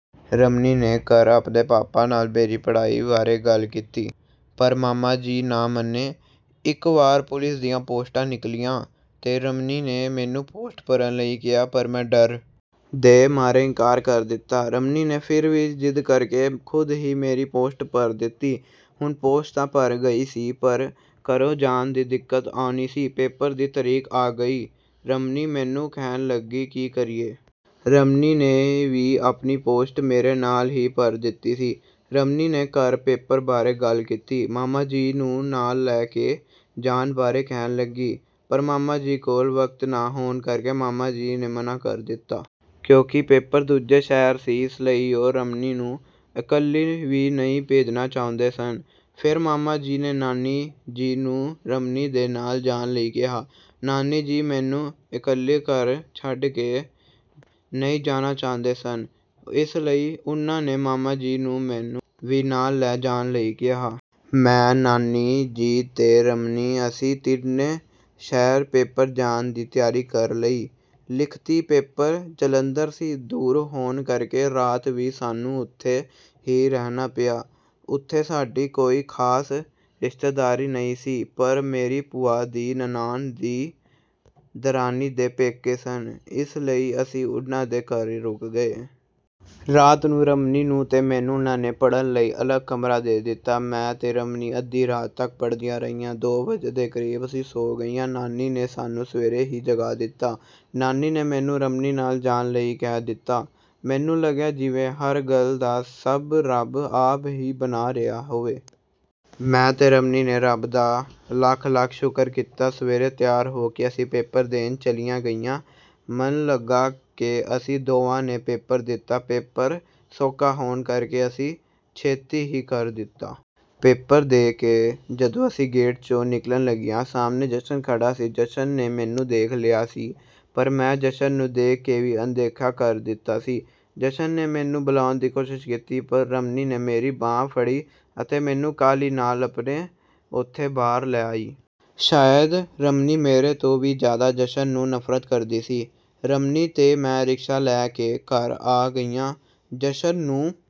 ਰਮਨੀ ਨੇ ਘਰ ਆਪਦੇ ਪਾਪਾ ਨਾਲ ਮੇਰੀ ਪੜ੍ਹਾਈ ਵਾਰੇ ਗੱਲ ਕੀਤੀ, ਪਰ ਮਾਮਾ ਜੀ ਨਾ ਮੰਨੇ, ਇੱਕ ਵਾਰ ਪੁਲਿਸ ਦੀਆਂ ਪੋਸਟਾਂ ਨਿਕਲੀਆਂ ਤੇ ਰਮਨੀ ਨੇ ਮੈਨੂੰ ਪੋਸਟ ਭਰਨ ਲਈ ਕਿਹਾ, ਪਰ ਮੈਂ ਡਰ ਦੇ ਮਾਰੇ ਇਨਕਾਰ ਕਰ ਦਿੱਤਾ, ਰਮਨੀ ਨੇ ਫਿਰ ਵੀ ਜ਼ਿੱਦ ਕਰਕੇ ਖੁਦ ਹੀ ਮੇਰੀ ਪੋਸਟ ਭਰ ਦਿੱਤੀ, ਹੁਣ ਪੋਸਟ ਤਾਂ ਭਰ ਗਈ ਸੀ ਪਰ ਘਰੋਂ ਜਾਣ ਦੀ ਦਿੱਕਤ ਆਉਣੀ ਸੀ ਪੇਪਰ ਦੀ ਤਰੀਕ ਆ ਗਈ, ਰਮਨੀ ਮੈਨੂੰ ਕਹਿਣ ਲੱਗੀ ਕੀ ਕਰੀਏ? ਰਮਨੀ ਨੇ ਵੀ ਆਪਣੀ ਪੋਸਟ ਮੇਰੇ ਨਾਲ ਹੀ ਭਰ ਦਿੱਤੀ ਸੀ, ਰਮਨੀ ਨੇ ਘਰ ਪੇਪਰ ਬਾਰੇ ਗੱਲ ਕੀਤੀ, ਮਾਮਾ ਜੀ ਨੂੰ ਨਾਲ ਲੈਕੇ ਜਾਣ ਬਾਰੇ ਕਹਿਣ ਲੱਗੀ, ਪਰ ਮਾਮਾ ਜੀ ਕੋਲ ਵਕਤ ਨਾ ਹੋਣ ਕਰਕੇ ਮਾਮਾ ਜੀ ਨੇ ਮਨਾ ਕਰ ਦਿੱਤਾ। ਕਿਉਂਕਿ ਪੇਪਰ ਦੂਜੇ ਸ਼ਹਿਰ ਸੀ, ਇਸ ਲਈ ਉਹ ਰਮਨੀ ਨੂੰ ਇਕੱਲੀ ਵੀ ਨਹੀਂ ਭੇਜਣਾ ਚਾਹੁੰਦੇ ਸਨ। ਫਿਰ ਮਾਮਾ ਜੀ ਨੇ ਨਾਨੀ ਜੀ ਨੂੰ ਰਮਨੀ ਦੇ ਨਾਲ ਜਾਣ ਲਈ ਕਿਹਾ। ਨਾਨੀ ਜੀ ਮੈਨੂੰ ਇਕੱਲੀ ਘਰ ਛੱਡ ਕੇ ਨਹੀਂ ਜਾਣਾ ਚਾਹੁੰਦੇ ਸਨ, ਇਸ ਲਈ ਉਨ੍ਹਾਂ ਨੇ ਮਾਮਾ ਜੀ ਨੂੰ ਮੈਨੂੰ ਵੀ ਨਾਲ ਲੈ ਜਾਣ ਲਈ ਕਿਹਾ। ਮੈਂ ਨਾਨੀ ਜੀ ਤੇ ਰਮਨੀ ਅਸੀਂ ਤਿੰਨੇ ਸ਼ਹਿਰ ਪੇਪਰ ਦੇਣ ਜਾਣ ਦੀ ਤਿਆਰੀ ਕਰ ਲਈ। ਲਿਖਤੀ ਪੇਪਰ ਜਲੰਧਰ ਸੀ, ਦੂਰ ਹੋਣ ਕਰਕੇ ਰਾਤ ਵੀ ਸਾਨੂੰ ਉੱਥੇ ਹੀ ਰਹਿਣਾ ਪਿਆ, ਉੱਥੇ ਸਾਡੀ ਕੋਈ ਖ਼ਾਸ ਰਿਸ਼ਤੇਦਾਰੀ ਨਹੀਂ ਸੀ, ਪਰ ਮੇਰੀ ਭੂਆ ਦੀ ਨਨਾਣ ਦੀ ਦਰਾਣੀ ਦੇ ਪੇਕੇ ਸਨ, ਇਸ ਲਈ ਅਸੀਂ ਉਨ੍ਹਾਂ ਦੇ ਘਰ ਰੁਕ ਗਏ। ਰਾਤ ਨੂੰ ਰਮਨੀ ਨੂੰ ਤੇ ਮੈਨੂੰ ਉਹਨਾਂ ਨੇ ਪੜਨ ਲਈ ਅਲੱਗ ਕਮਰਾ ਦੇ ਦਿੱਤਾ, ਮੈਂ ਤੇ ਰਮਨੀ ਅੱਧੀ ਰਾਤ ਤੱਕ ਪੜਦੀਆਂ ਰਹੀਆਂ, ਦੋ ਵਜੇ ਦੇ ਕਰੀਬ ਅਸੀਂ ਸੌਂ ਗਈਆਂ। ਨਾਨੀ ਨੇ ਸਾਨੂੰ ਸਵੇਰੇ ਹੀ ਜਗਾ ਦਿੱਤਾ, ਨਾਨੀ ਨੇ ਮੈਨੂੰ ਰਮਨੀ ਨਾਲ ਜਾਣ ਲਈ ਕਹਿ ਦਿੱਤਾ, ਮੈਨੂੰ ਲੱਗਿਆ ਜਿਵੇਂ ਹਰ ਗੱਲ ਦਾ ਸਬੱਬ ਰੱਬ ਆਪ ਹੀ ਬਣਾ ਰਿਹਾ ਹੋਵੇ। ਮੈਂ ਤੇ ਰਮਨੀ ਨੇ ਰੱਬ ਦਾ ਲੱਖ-ਲੱਖ ਸ਼ੁਕਰ ਕੀਤਾ, ਸਵੇਰੇ ਤਿਆਰ ਹੋ ਕੇ ਅਸੀਂ ਪੇਪਰ ਦੇਣ ਚਲੀਆਂ ਗਈਆਂ, ਮਨ ਲਗਾ ਕੇ ਅਸੀਂ ਦੋਵਾਂ ਨੇ ਪੇਪਰ ਦਿੱਤਾ, ਪੇਪਰ ਸੌਖਾ ਹੋਣ ਕਰਕੇ ਅਸੀਂ ਛੇਤੀ ਹੀ ਕਰ ਦਿੱਤਾ। ਪੇਪਰ ਦੇ ਕੇ ਜਦੋਂ ਅਸੀਂ ਗੇਟ ਚੋਂ ਨਿਕਲਣ ਲੱਗੀਆਂ, ਸਾਹਮਣੇ ਜਸ਼ਨ ਖੜਾ ਸੀ, ਜਸ਼ਨ ਨੇ ਮੈਨੂੰ ਦੇਖ ਲਿਆ ਸੀ ਪਰ ਮੈਂ ਜਸ਼ਨ ਨੂੰ ਦੇਖ ਕੇ ਵੀ ਅਣਦੇਖਿਆ ਕਰ ਦਿੱਤਾ ਸੀ, ਜਸ਼ਨ ਨੇ ਮੈਨੂੰ ਬੁਲਾਉਣ ਦੀ ਕੋਸ਼ਿਸ਼ ਕੀਤੀ ਪਰ ਰਮਨੀ ਨੇ ਮੇਰੀ ਬਾਂਹ ਫੜੀ ਅਤੇ ਮੈਨੂੰ ਕਾਹਲੀ ਨਾਲ ਉੱਥੋਂ ਬਾਹਰ ਲੈ ਆਈ। ਸ਼ਾਇਦ ਰਮਨੀ ਮੇਰੇ ਤੋਂ ਵੀ ਜ਼ਿਆਦਾ ਜਸ਼ਨ ਨੂੰ ਨਫ਼ਰਤ ਕਰਦੀ ਸੀ, ਰਮਨੀ ਤੇ ਮੈਂ ਰਿਕਸ਼ਾ ਲੈਂ ਕੇ ਘਰ ਆ ਗਈਆਂ। ਜਸ਼ਨ ਨੂੰ